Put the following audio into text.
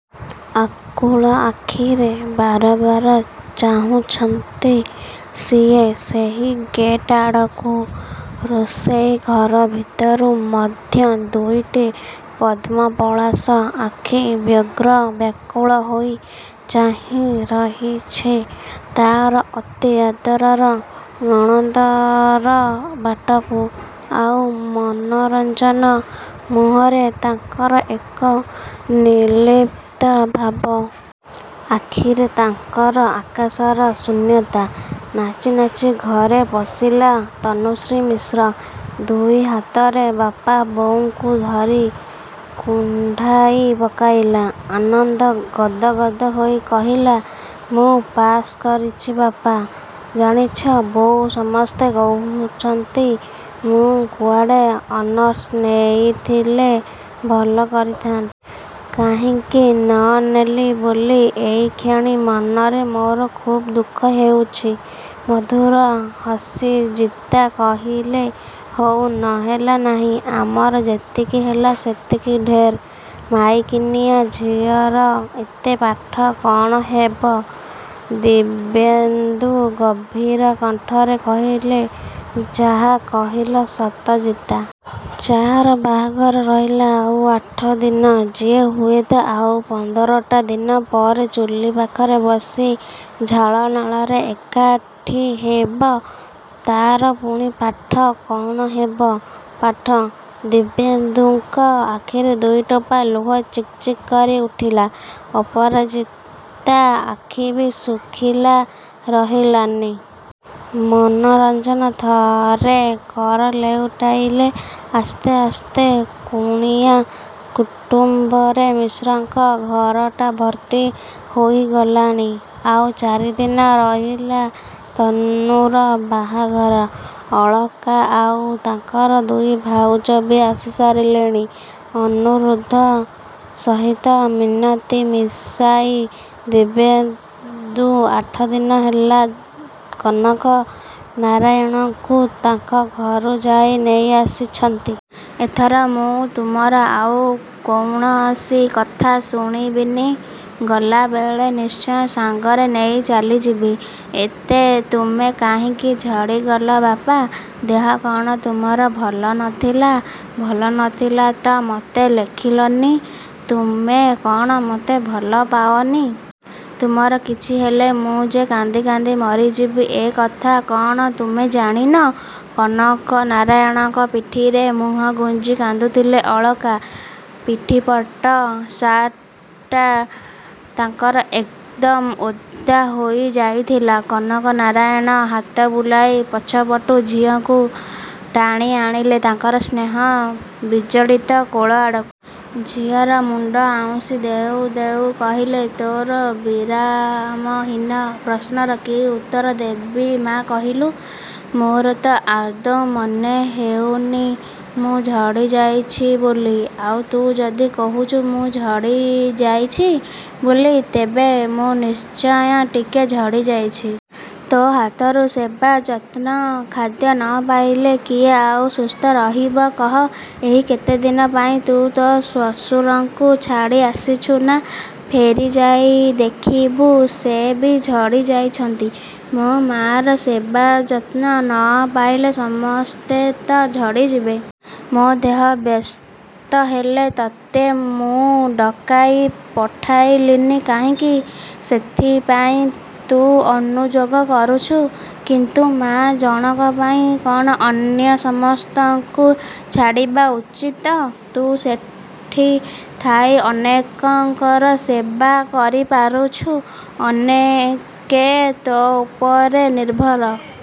ଆକୁଳ ଆଖିରେ ବାର ବାର ଚାହୁଁଛନ୍ତି ସିଏ ସେହି ଗେଟ୍ ଆଡ଼କୁ। ରୋଷେଇ ଘର ଭିତରୁ ମଧ୍ୟ ଦୁଇଟି ପଦ୍ମପଳାଶ ଆଖି ବ୍ୟଗ୍ର ବ୍ୟାକୁଳ ହୋଇ ଚାହିଁ ରହିଛି ତା'ର ଅତି ଆଦରର ନଣନ୍ଦର ବାଟକୁ। ଆଉ ମନୋରଞ୍ଜନ, ମୁହଁରେ ତାଙ୍କର ଏକ ନିର୍ଲିପ୍ତ ଭାବ। ଆଖିରେ ତାଙ୍କର ଆକାଶର ଶୂନ୍ୟତା। ନାଚି ନାଚି ଘରେ ପଶିଲା ତନୁଶ୍ରୀ ମିଶ୍ର। ଦୁଇ ହାତରେ ବାପା ବୋଉଙ୍କୁ ଧରି କୁଣ୍ଢାଇ ପକାଇଲା। ଆନନ୍ଦ ଗଦ ଗଦ ହୋଇ କହିଲା ମୁଁ ପାସ୍ କରିଛି ବାପା। ଜାଣିଛ ବୋଉ, ସମସ୍ତେ କହୁଛନ୍ତି ମୁଁ କୁଆଡ଼େ ଅନର୍ସ ନେଇଥିଲେ ଭଲ କରିଥାନ୍ତି। କାହିଁକି ନ ନେଲି ବୋଲି ଏଇକ୍ଷଣି ମନରେ ମୋର ଖୁବ୍ ଦୁଃଖ ହେଉଛି। ମଧୁର ହସି ଜିତା କହିଲେ ହଉ, ନ ହେଲା ନାହିଁ। ଆମର ଯେତିକି ହେଲା, ସେତିକି ଢେର୍। ମାଇକିନିଆ ଝିଅର ଏତେ ପାଠ କ'ଣ ହେବ। ଦିବ୍ୟେନ୍ଦୁ ଗମ୍ଭୀର କଣ୍ଠରେ କହିଲେ ଯାହା କହିଲ ସତ ଜିତା। ଯାହାର ବାହାଘର ରହିଲା ଆଉ ଆଠଦିନ, ଯିଏ ହୁଏତ ଆଉ ପନ୍ଦରଟା ଦିନ ପରେ ଚୁଲି ପାଖରେ ବସି ଝାଳ ନାଳରେ ଏକାଠି ହେବ, ତା'ର ପୁଣି ପାଠ, କ'ଣ ହେବ ପାଠ। ଦିବ୍ୟେନ୍ଦୁଙ୍କ ଆଖିରେ ଦୁଇଟୋପା ଲୁହ ଚିକ୍ ଚିକ୍ କରି ଉଠିଲା। ଅପରାଜିତା ଆଖି ବି ଶୁଖିଲା ରହିଲାନି। ମନୋରଞ୍ଜନ ଥରେ କର ଲେଉଟାଇଲେ। ଆସ୍ତେ ଆସ୍ତେ କୁଣିଆ କୁଟୁମ୍ବରେ ମିଶ୍ରଙ୍କ ଘରଟା ଭର୍ତ୍ତି ହୋଇଗଲାଣି। ଆଉ ଚାରିଦିନ ରହିଲା ତନୁର ବାହାଘର। ଅଳକା ଆଉ ତାଙ୍କର ଦୁଇ ଭାଉଜ ବି ଆସି ସାରିଲେଣି। ଅନୁରୋଧ ସହିତ ମିନତି ମିଶାଇ ଦିବ୍ୟେନ୍ଦୁ ଆଠଦିନ ହେଲା କନକ ନାରାୟଣଙ୍କୁ ତାଙ୍କ ଘରୁ ଯାଇ ନେଇ ଆସିଛନ୍ତି। ଏଥର ମୁଁ ତୁମର ଆଉ କୌଣସି କଥା ଶୁଣିବିନି। ଗଲା ବେଳେ ନିଶ୍ଚୟ ସାଙ୍ଗରେ ନେଇ ଚାଲି ଯିବି। ଏତେ ତୁମେ କାହିଁକି ଝଡ଼ି ଗଲ ବାପା? ଦେହ କ'ଣ ତୁମର ଭଲ ନଥିଲା? ଭଲ ନଥିଲା ତ ମତେ ଲେଖିଲନି? ତୁମେ କ'ଣ ମତେ ଭଲ ପାଅନି? ତୁମର କିଛି ହେଲେ ମୁଁ ଯେ କାନ୍ଦି କାନ୍ଦି ମରିଯିବି ଏ କଥା କ'ଣ ତୁମେ ଜାଣିନ? କନକନାରାୟଣଙ୍କ ପିଠିରେ ମୁହଁ ଗୁଞ୍ଜି କାନ୍ଦୁଥିଲେ ଅଳକା। ପିଠିପଟ ସାର୍ଟଟା ତାଙ୍କର ଏକଦମ୍ ଓଦା ହୋଇ ଯାଇଥିଲା। କନକନାରାୟଣ ହାତ ବୁଲାଇ ପଛପଟୁ ଝିଅକୁ ଟାଣି ଆଣିଲେ ତାଙ୍କର ସ୍ନେହ ବିଜଡ଼ିତ କୋଳ ଆଡ଼କୁ। ଝିଅର ମୁଣ୍ଡ ଆଉଁସି ଦେଉ ଦେଉ କହିଲେ, ତୋର ବିରାମହୀନ ପ୍ରଶ୍ନର କି ଉତ୍ତର ଦେବି ମା' କହିଲୁ? ମୋର ତ ଆଦୌ ମନେ ହେଉନି ମୁଁ ଝଡ଼ି ଯାଇଛି ବୋଲି। ଆଉ ତୁ ଯଦି କହୁଛୁ ମୁଁ ଝଡ଼ି ଯାଇଛି ବୋଲି, ତେବେ ମୁଁ ନିଶ୍ଚୟ ଟିକେ ଝଡ଼ି ଯାଇଛି। ତୋ ହାତର ସେବା, ଯତ୍ନ, ଖାଦ୍ୟ ନ ପାଇଲେ କିଏ ଆଉ ସୁସ୍ଥ ରହିବ କହ? ଏଇ କେତେଦିନ ପାଇଁ ତୁ ତୋ ଶ୍ୱଶୁରଙ୍କୁ ଛାଡ଼ି ଆସିଛୁ ନା? ଫେରି ଯାଇ ଦେଖିବୁ ସେ ବି ଝଡ଼ି ଯାଇଛନ୍ତି। ମୋ ମାଆର ସେବା ଯତ୍ନ ନ ପାଇଲେ ସମସ୍ତେ ତ ଝଡ଼ି ଯିବେ। ମୋ ଦେହ ବ୍ୟସ୍ତ ହେଲେ ତତେ ମୁଁ ଡକାଇ ପଠାଇଲିନି କାହିଁକି ସେଥିପାଇଁ ତୁ ଅନୁଯୋଗ କରୁଛୁ। କିନ୍ତୁ ମାଆ ଜଣକ ପାଇଁ କ'ଣ ଅନ୍ୟ ସମସ୍ତଙ୍କୁ ଛାଡ଼ିବା ଉଚିତ? ତୁ ସେଠି ଥାଇ ଅନେକଙ୍କର ସେବା କରି ପାରୁଛୁ, ଅନେକେ ତୋ ଉପରେ ନିର୍ଭର।